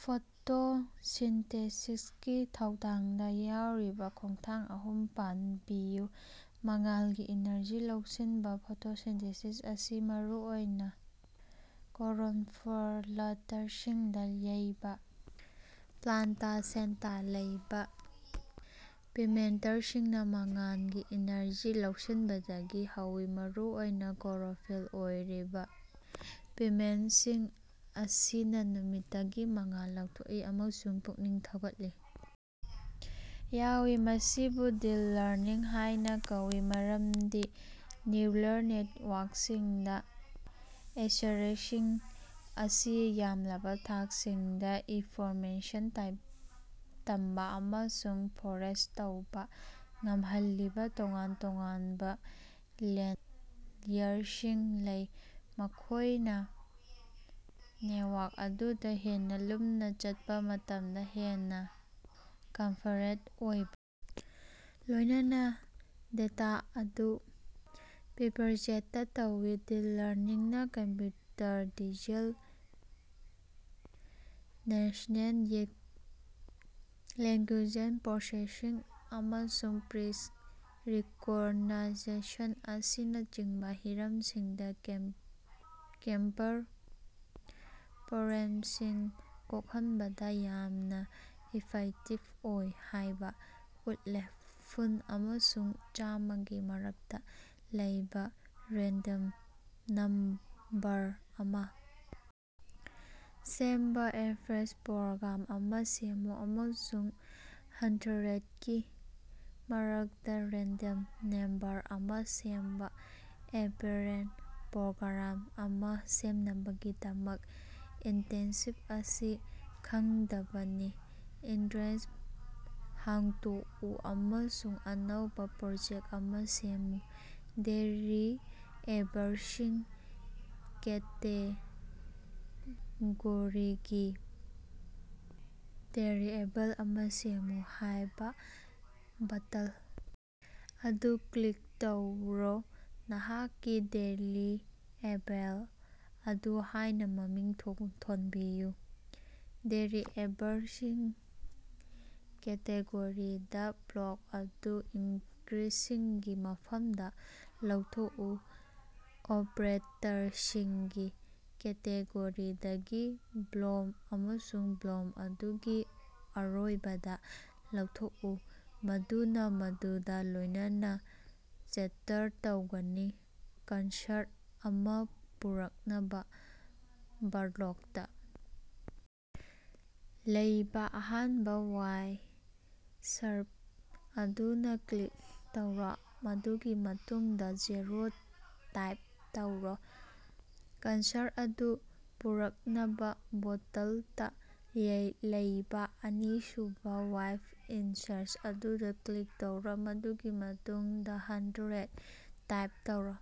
ꯐꯣꯇꯣꯁꯤꯟꯊꯦꯁꯤꯁꯀꯤ ꯊꯧꯑꯣꯡꯗꯥ ꯌꯥꯎꯔꯤꯕꯥ ꯈꯣꯡꯊꯥꯡ ꯑꯍꯨꯝ ꯄꯟꯕꯤꯌꯨ꯫ ꯃꯉꯥꯜꯒꯤ ꯏꯅꯔꯖꯤ ꯂꯧꯁꯤꯟꯕꯥ: ꯐꯣꯇꯣꯁꯤꯟꯊꯦꯁꯤꯁ ꯑꯁꯤ ꯃꯔꯨꯑꯣꯏꯅ ꯀ꯭ꯂꯣꯔꯣꯞꯂꯥꯁ꯭ꯇꯁꯤꯡꯗ ꯂꯩꯕ ꯄ꯭ꯂꯥꯟꯇ ꯁꯦꯜꯗꯥ ꯂꯩꯕꯥ ꯄꯤꯒꯃꯦꯟꯇꯁꯤꯡꯅꯥ ꯃꯉꯥꯜꯒꯤ ꯑꯦꯅꯔꯖꯤ ꯂꯧꯁꯤꯅꯕꯗꯒꯤ ꯍꯧꯏ꯫ ꯃꯔꯨꯑꯣꯏꯅꯥ ꯀ꯭ꯂꯣꯔꯣꯐꯤꯜ ꯑꯣꯏꯔꯤꯕ ꯄꯤꯒꯃꯦꯟꯇꯁꯤꯡ ꯑꯁꯤꯅ ꯅꯨꯃꯤꯠꯇꯒꯤ ꯃꯉꯥꯜ ꯂꯧꯊꯣꯛꯏ ꯑꯃꯁꯨꯡ ꯄꯨꯛꯅꯤꯡ ꯊꯧꯒꯠꯂꯤ, ꯌꯥꯎꯏ꯫ ꯃꯁꯤꯕꯨ "ꯗꯤꯞ ꯂꯔꯅꯤꯡ" ꯍꯥꯏꯅꯥ ꯀꯧꯏ ꯃꯔꯝꯗꯤ ꯅ꯭ꯌꯨꯔꯜ ꯅꯦꯇꯋꯥꯔꯛꯁꯤꯡꯗꯥ ꯑꯦꯕꯁ꯭ꯠꯔꯦꯛꯁꯒꯤ ꯃꯁꯤꯡ ꯌꯥꯝꯂꯕꯥ ꯊꯥꯛꯁꯤꯡꯗꯥ ꯏꯟꯐꯣꯔꯃꯦꯁꯟ ꯇꯝꯕꯥ ꯑꯃꯁꯨꯡ ꯄ꯭ꯔꯣꯁꯦꯁ ꯇꯧꯕ ꯉꯝꯍꯜꯂꯤꯕ ꯇꯣꯉꯥꯟ-ꯇꯣꯉꯥꯟꯕ ꯂꯦꯌꯔꯁꯤꯡ ꯂꯩ, ꯃꯈꯣꯏꯅꯥ ꯅꯦꯇꯋꯥꯔꯛ ꯑꯗꯨꯗ ꯍꯦꯟꯅ ꯂꯨꯝꯅꯥ ꯆꯠꯄꯥ ꯃꯇꯝꯗ ꯍꯦꯟꯅꯥ ꯀꯝꯄꯂꯦꯛꯁ ꯑꯣꯏꯕ ꯊꯥꯛꯁꯤꯡꯒ ꯂꯣꯏꯅꯅꯥ ꯗꯇꯥ ꯑꯗꯨ ꯔꯤꯄꯔꯖꯦꯟꯇ ꯇꯧꯏ꯫ ꯗꯤꯞ ꯂꯔꯅꯤꯡꯅꯥ computer vision, natural language processing ꯑꯃꯁꯨꯡ ꯁ꯭ꯄꯤꯁ ꯔꯤꯀꯣꯒꯅꯤꯁꯟ ꯑꯁꯤꯅꯆꯤꯡꯕꯥ ꯍꯤꯔꯝꯁꯤꯡꯗꯥ ꯀꯝꯄꯂꯦꯛꯁ ꯄ꯭ꯔꯣꯕ꯭ꯂꯦꯝꯁꯤꯡ ꯀꯣꯍꯟꯕꯗ ꯌꯥꯝꯅꯥ ꯏꯐꯦꯛꯇꯤꯕ ꯑꯣꯏ ꯍꯥꯏꯕꯥ ꯎꯠꯂꯦ꯫ ꯐꯨꯟ ꯑꯃꯁꯨꯡ ꯆꯥꯝꯃꯒꯤ ꯃꯔꯛꯇ ꯂꯩꯕ ꯔꯦꯟꯗꯝ ꯅꯝꯕꯔ ꯑꯃ ꯁꯦꯝꯕ ꯑꯦꯛꯄ꯭ꯔꯦꯁ ꯄ꯭ꯔꯣꯒ꯭ꯔꯥꯝ ꯑꯃ ꯁꯦꯝꯃꯨ꯫ ꯑꯃꯁꯨꯡ ꯍꯟꯗ꯭ꯔꯦꯠꯒꯤ ꯃꯔꯛꯇ ꯔꯦꯟꯗꯝ ꯅꯝꯕꯔ ꯑꯃ ꯁꯦꯝꯕ ꯑꯦꯛꯄ꯭ꯔꯦꯁ ꯄ꯭ꯔꯣꯒ꯭ꯔꯥꯝ ꯑꯃ ꯁꯦꯝꯅꯕꯒꯤꯗꯃꯛ, ꯏꯁꯇꯦꯞꯁꯤꯡ ꯑꯁꯤ ꯏꯪꯗꯕꯅꯤ: ꯑꯦꯛꯄ꯭ꯔꯦꯁ ꯍꯥꯡꯗꯣꯛꯎ ꯑꯃꯁꯨꯡ ꯑꯅꯧꯕ ꯄ꯭ꯔꯣꯖꯦꯛ ꯑꯃ ꯁꯦꯝꯃꯨ꯫ "ꯚꯦꯔꯤꯑꯦꯕꯜꯁꯤꯡ" ꯀꯦꯇꯦꯒꯣꯔꯤꯗꯒꯤ, "ꯚꯦꯔꯤꯑꯦꯕꯜ ꯑꯃ ꯁꯦꯝꯃꯨ" ꯍꯥꯏꯕ ꯕꯇꯟ ꯑꯗꯨ ꯀ꯭ꯂꯤꯛ ꯇꯧꯔꯣ꯫ ꯅꯍꯥꯛꯀꯤ ꯚꯦꯔꯤꯑꯦꯕꯜ ꯑꯗꯨ ꯍꯥꯏꯅ ꯃꯃꯤꯡ ꯊꯣꯟꯕꯤꯌꯨ꯫ ꯚꯦꯔꯤꯑꯦꯕꯜꯁꯤꯡ ꯀꯦꯇꯦꯒꯣꯔꯤꯗꯒꯤ ꯕ꯭ꯂꯣꯛ ꯑꯗꯨ ꯏꯁꯀ꯭ꯔꯤꯞꯁꯤꯡꯒꯤ ꯃꯐꯝꯗ ꯂꯧꯊꯣꯛꯎ꯫ ꯑꯣꯄ꯭ꯔꯦꯇꯔꯁꯤꯡꯒꯤ ꯀꯦꯇꯦꯒꯣꯔꯤꯗꯒꯤ, ꯕ꯭ꯂꯣꯛ ꯑꯗꯨ ꯕ꯭ꯂꯣꯛ ꯑꯗꯨꯒꯤ ꯑꯔꯣꯏꯕꯗ ꯂꯧꯊꯣꯛꯎ, ꯃꯗꯨꯅ ꯃꯗꯨꯒ ꯂꯣꯏꯅꯥꯅ ꯑꯦꯇꯦꯆ ꯇꯧꯒꯅꯤ꯫ ꯀꯔꯁꯔ ꯑꯃ ꯄꯨꯔꯛꯅꯥꯕ ꯕ꯭ꯂꯣꯛꯇ ꯂꯩꯕ ꯑꯍꯥꯟꯕ ꯋꯥꯏꯠ ꯁ꯭ꯄꯦꯁ ꯑꯗꯨꯗ ꯀ꯭ꯂꯤꯛ ꯇꯧꯔꯣ, ꯃꯗꯨꯒꯤ ꯃꯇꯨꯡꯗ ꯖꯦꯔꯣ ꯇꯥꯏꯞ ꯇꯧꯔꯣ, ꯀꯔꯁꯔ ꯑꯗꯨ ꯄꯨꯔꯛꯅꯕ ꯕ꯭ꯂꯣꯛꯇ ꯂꯩꯕ ꯑꯅꯤꯁꯨꯕ ꯋꯥꯏꯠ ꯏꯁꯄꯦꯁ ꯑꯗꯨꯗ ꯀ꯭ꯂꯤꯛ ꯇꯧꯔꯣ, ꯃꯗꯨꯒꯤ ꯃꯇꯨꯡꯗ ꯍꯟꯗ꯭ꯔꯦꯠ ꯇꯥꯏꯞ ꯇꯧꯔꯣ꯫